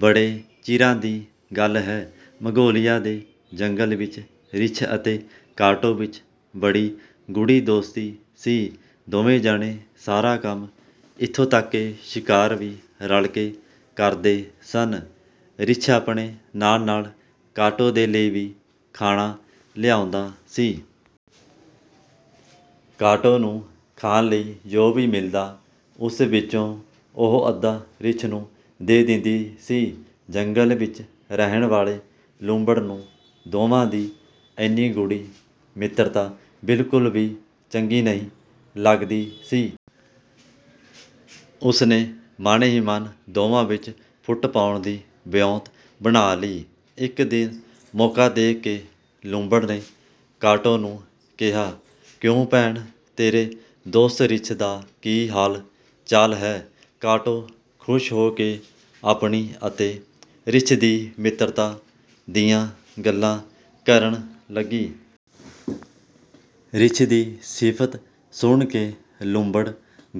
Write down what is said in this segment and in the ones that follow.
ਬੜੇ ਚਿਰਾਂ ਦੀ ਗੱਲ ਹੈ। ਮੰਗੋਲੀਆ ਦੇ ਜੰਗਲ ਵਿੱਚ ਰਿੱਛ ਅਤੇ ਕਾਟੋ ਵਿੱਚ ਬੜੀ ਗੂੜ੍ਹੀ ਦੋਸਤੀ ਸੀ। ਦੋਵੇਂ ਜਣੇ ਸਾਰਾ ਕੰਮ, ਇੱਥੋਂ ਤਕ ਕਿ ਸ਼ਿਕਾਰ ਵੀ ਰਲ ਕੇ ਕਰਦੇ ਸਨ। ਰਿੱਛ ਆਪਣੇ ਨਾਲ-ਨਾਲ ਕਾਟੋ ਦੇ ਲਈ ਵੀ ਖਾਣਾ ਲਿਆਉਂਦਾ ਸੀ। ਕਾਟੋ ਨੂੰ ਖਾਣ ਲਈ ਜੋ ਵੀ ਮਿਲਦਾ, ਉਸ ਵਿੱਚੋਂ ਉਹ ਅੱਧਾ ਰਿੱਛ ਨੂੰ ਦੇ ਦਿੰਦੀ ਸੀ। ਜੰਗਲ ਵਿੱਚ ਰਹਿਣ ਵਾਲੇ ਲੂੰਬੜ ਨੂੰ ਦੋਵਾਂ ਦੀ ਐਨੀ ਗੂੜ੍ਹੀ ਮਿੱਤਰਤਾ ਬਿਲਕੁਲ ਵੀ ਚੰਗੀ ਨਹੀਂ ਲੱਗਦੀ ਸੀ। ਉਸ ਨੇ ਮਨ ਹੀ ਮਨ ਦੋਵਾਂ ਵਿੱਚ ਫੁੱਟ ਪਾਉਣ ਦੀ ਵਿਉਂਤ ਬਣਾ ਲਈ। ਇੱਕ ਦਿਨ ਮੌਕਾ ਦੇਖ ਕੇ ਲੂੰਬੜ ਨੇ ਕਾਟੋ ਨੂੰ ਕਿਹਾ, "ਕਿਉਂ ਭੈਣ, ਤੇਰੇ ਦੋਸਤ ਰਿੱਛ ਦਾ ਕੀ ਹਾਲ-ਚਾਲ ਹੈ? " ਕਾਟੋ ਖ਼ੁਸ਼ ਹੋ ਕੇ ਆਪਣੀ ਅਤੇ ਰਿੱਛ ਦੀ ਮਿੱਤਰਤਾ ਦੀਆਂ ਗੱਲਾਂ ਕਰਨ ਲੱਗੀ। ਰਿੱਛ ਦੀ ਸਿਫ਼ਤ ਸੁਣ ਕੇ ਲੂੰਬੜ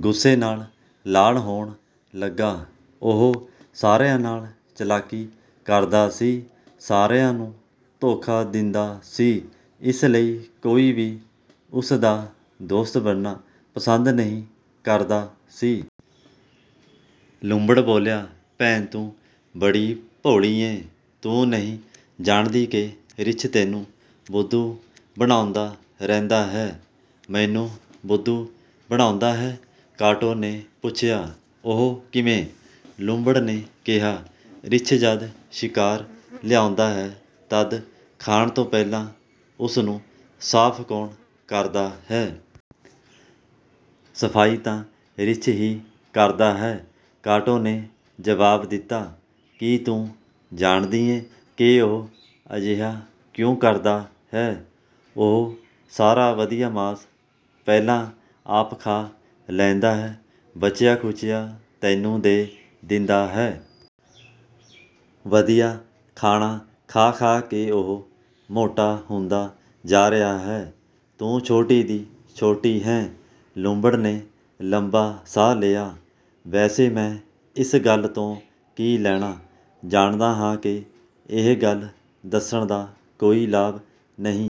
ਗੁੱਸੇ ਨਾਲ ਲਾਲ ਹੋਣ ਲੱਗਾ। ਉਹ ਸਾਰਿਆਂ ਨਾਲ ਚਲਾਕੀ ਕਰਦਾ ਸੀ। ਸਾਰਿਆਂ ਨੂੰ ਧੋਖਾ ਦਿੰਦਾ ਸੀ। ਇਸ ਲਈ ਕੋਈ ਵੀ ਉਸ ਦਾ ਦੋਸਤ ਬਣਨਾ ਪਸੰਦ ਨਹੀਂ ਕਰਦਾ ਸੀ। ਲੂੰਬੜ ਬੋਲਿਆ,"ਭੈਣ ਤੂੰ ਬੜੀ ਭੋਲੀ ਏਂ। ਤੂੰ ਨਹੀਂ ਜਾਣਦੀ ਕਿ ਰਿੱਛ ਤੈਨੂੰ ਬੁੱਧੂ ਬਣਾਉਂਦਾ ਰਹਿੰਦਾ ਹੈ? " "ਮੈਨੂੰ ਬੁੱਧੂ ਬਣਾਉਂਦਾ ਹੈ… " ਕਾਟੋ ਨੇ ਪੁੱਛਿਆ, "ਉਹ ਕਿਵੇਂ? " ਲੂੰਬੜ ਨੇ ਕਿਹਾ,"ਰਿੱਛ ਜਦ ਸ਼ਿਕਾਰ ਲਿਆਉਂਦਾ ਹੈ ਤਦ ਖਾਣ ਤੋਂ ਪਹਿਲਾਂ ਉਸ ਨੂੰ ਸਾਫ਼ ਕੌਣ ਕਰਦਾ ਹੈ? " "ਸਫ਼ਾਈ ਤਾਂ ਰਿੱਛ ਹੀ ਕਰਦਾ ਹੈ," ਕਾਟੋ ਨੇ ਜਵਾਬ ਦਿੱਤਾ। "ਕੀ ਤੂੰ ਜਾਣਦੀ ਏਂ ਕਿ ਉਹ ਅਜਿਹਾ ਕਿਉਂ ਕਰਦਾ ਹੈ? ਉਹ ਸਾਰਾ ਵਧੀਆ ਮਾਸ ਪਹਿਲਾਂ ਆਪ ਖਾ ਲੈਂਦਾ ਹੈ, ਬਚਿਆ-ਖੁਚਿਆ ਤੈਨੂੰ ਦੇ ਦਿੰਦਾ ਹੈ। ਵਧੀਆ ਖਾਣਾ ਖਾ-ਖਾ ਕੇ ਉਹ ਮੋਟਾ ਹੁੰਦਾ ਜਾ ਰਿਹਾ ਹੈ, ਤੂੰ ਛੋਟੀ ਦੀ ਛੋਟੀ ਹੈਂ। " ਲੂੰਬੜ ਨੇ ਲੰਮਾ ਸਾਹ ਲਿਆ, "ਵੈਸੇ ਮੈਂ ਇਸ ਗੱਲ ਤੋਂ ਕੀ ਲੈਣਾ! ਜਾਣਦਾ ਹਾਂ ਕਿ ਇਹ ਗੱਲ ਦੱਸਣ ਦਾ ਕੋਈ ਲਾਭ ਨਹੀਂ…।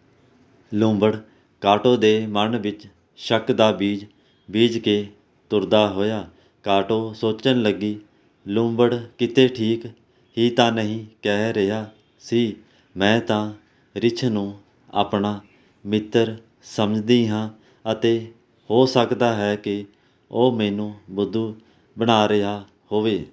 " ਲੂੰਬੜ ਕਾਟੋ ਦੇ ਮਨ ਵਿੱਚ ਸ਼ੱਕ ਦਾ ਬੀਜ, ਬੀਜ ਕੇ ਤੁਰਦਾ ਹੋਇਆ। ਕਾਟੋ ਸੋਚਣ ਲੱਗੀ, "ਲੂੰਬੜ ਕਿਤੇ ਠੀਕ ਹੀ ਤਾਂ ਨਹੀਂ ਕਹਿ ਰਿਹਾ ਸੀ। ਮੈਂ ਤਾਂ ਰਿੱਛ ਨੂੰ ਆਪਣਾ ਮਿੱਤਰ ਸਮਝਦੀ ਹਾਂ ਅਤੇ ਹੋ ਸਕਦਾ ਹੈ ਕਿ ਉਹ ਮੈਨੂੰ ਬੁੱਧੂ ਬਣਾ ਰਿਹਾ ਹੋਵੇ।